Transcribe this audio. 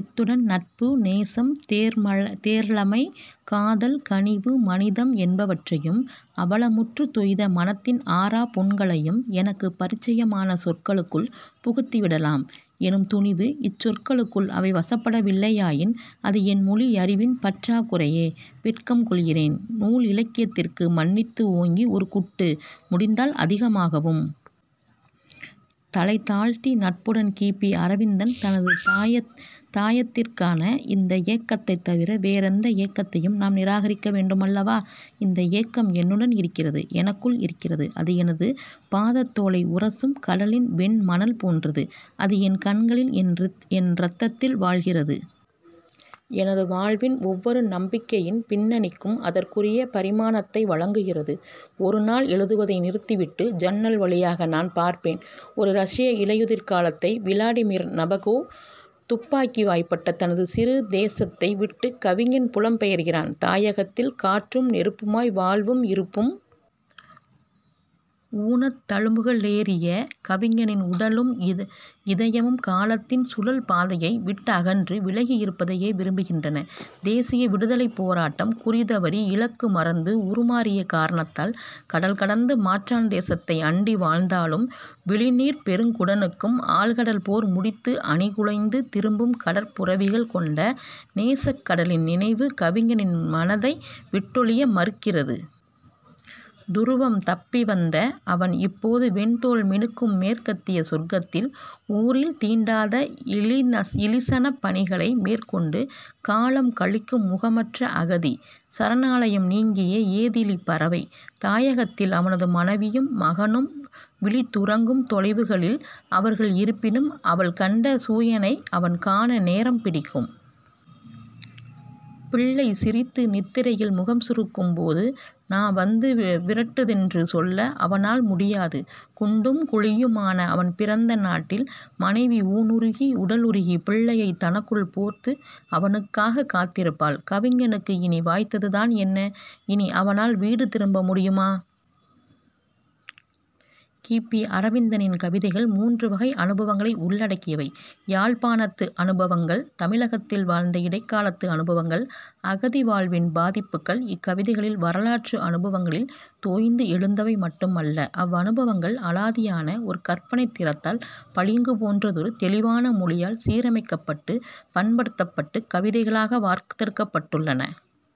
இத்துடன் நட்பு, நேசம், தேர்ழமை, காதல், கனிவு, மனிதம் என்பவற்றையும், அவலமுற்று தொய்த மனத்தின் ஆறாப் புண்களையும் எனக்கு பரிச்சயமான சொற்களுக்குள் புகுத்திவிடலாம் எனும் துணிபு. இச் சொற்களுக்குள் அவை வசப்படவில்லையாயின் அது என் மொழியறிவின் பற்றாக் குறையே. வெட்கம் கொள்கிறேன். நூலாக்கியதற்கு மன்னித்து ஓங்கி ஒரு குட்டு, முடிந்தால் அதிகமாகவும். தலைதாழ்த்தி, நட்புடன் கி. பி. அரவிந்தன். தனது தாயத்திற்கான இந்த ஏக்கத்தைத் தவிர வேறெந்த ஏக்கத்தையும் நாம் நிராகரிக்க வேண்டுமல்லவா? இந்த ஏக்கம் என்னுடன் இருக்கிறது. எனக்குள் இருக்கிறது. அது எனது பாதத்தோலை உரசும் கடலின் வெண்மணல் போன்றது. அது என் கண்களில், என் இரத்தத்தில் வாழ்கிறது. எனது வாழ்வின் ஒவ்வொரு நம்பிக்கையின் பின்னணிக்கும் அதற்குரிய பரிமாணத்தை வழங்குகிறது. ஒருநாள், எழுதுவதை நிறுத்திவிட்டு ஜன்னல் வழியாக நான் பார்ப்பேன் ஒரு ரஷ்ய இலையுதிர் காலத்தை. விளாடிமிர் நபகோவ் "துப்பாக்கி வாய்ப்பட்ட" தனது "சிறு தேச"த்தை விட்டுக் கவிஞன் புலம்பெயர்கிறான். தாயகத்தில் "காற்றும் நெருப்புமாய், வாழ்வும் இருப்பும்". "ஊனத்தழும்புக"ளேறிய கவிஞனின் உடலும் இதயமும் காலத்தின் "சுழல்" பாதையை விட்டகன்று விலகியிருப்பதையே விரும்புகின்றன -தேசிய விடுதலைப் போராட்டம் குறிதவறி, இலக்கு மறந்து, உருமாறிய காரணத்தால். கடல் கடந்து மாற்றான் தேசத்தை அண்டி வாழ்ந்தாலும், "விழிநீர்ப் பெருக்குடனும் ஆழ்கடல் போர் முடித்து அணிகுலைந்து திரும்பும் கடற்புரவிகள்" கொண்ட 'நேசக்கடலின்' நினைவு கவிஞனின் மனத்தை விட்டொழிய மறுக்கிறது. "துருவம் தப்பி வந்த" அவன், இப்போது "வெண்தோல் மினுங்கும்" மேற்கத்திய சொர்க்கத்தில் "ஊரில் தீண்டாத 'இழிசனப்' பணிகளை" மேற்கொண்டு காலம் கழிக்கும் முகமற்ற அகதி; சரணாலயம் நீங்கிய ஏதிலிப்பறவை. தாயகத்தில் அவனது மனைவியும் மகனும்; விழித்துறங்கும் தொலைவுகளில் அவர்கள் இருப்பினும், அவள் கண்ட சூயனை அவன் காண நேரம் பிடிக்கும். பிள்ளை சிரித்து நித்திரையில் முகம் சுருக்கும்போது, "நா வந்து விரட்டுதென்று" சொல்ல அவனால் முடியாது. "குண்டும் குழியுமான" அவன் பிறந்த நாட்டில் மனைவி" ஊனுருகி உடலுருகி" பிள்ளையைத் "தன்னுக்குள் போர்த்து" அவனுக்காகக் காத்திருப்பாள். கவிஞனுக்கு இனி வாய்த்ததுதான் என்ன? இனி அவனால் வீடு திரும்ப முடியுமா? கி. பி. அரவிந்தனின் கவிதைகள் மூன்று வகை அனுபவங்களை உள்ளடக்கியவை: யாழ்ப்பாணத்து அனுபவங்கள்; தமிழகத்தில் வாழ்ந்த இடைக்காலத்து அனுபவங்கள்; அகதிவாழ்வின் பாதிப்புகள். இக்கவிதைகள் வரலாற்றனுபவங்களில் தோய்ந்து எழுந்தவை மட்டுமல்ல. அவ்வனுபவங்கள் அலாதியான ஒரு கற்பனைத் திறத்தால், பளிங்கு போன்றதொரு தெளிவான மொழியால் சீரமைக்கப்பட்டு, பண்படுத்தப்பட்டுக் கவிதைகளாக வார்த்தெடுக்கப்பட்டுள்ளன.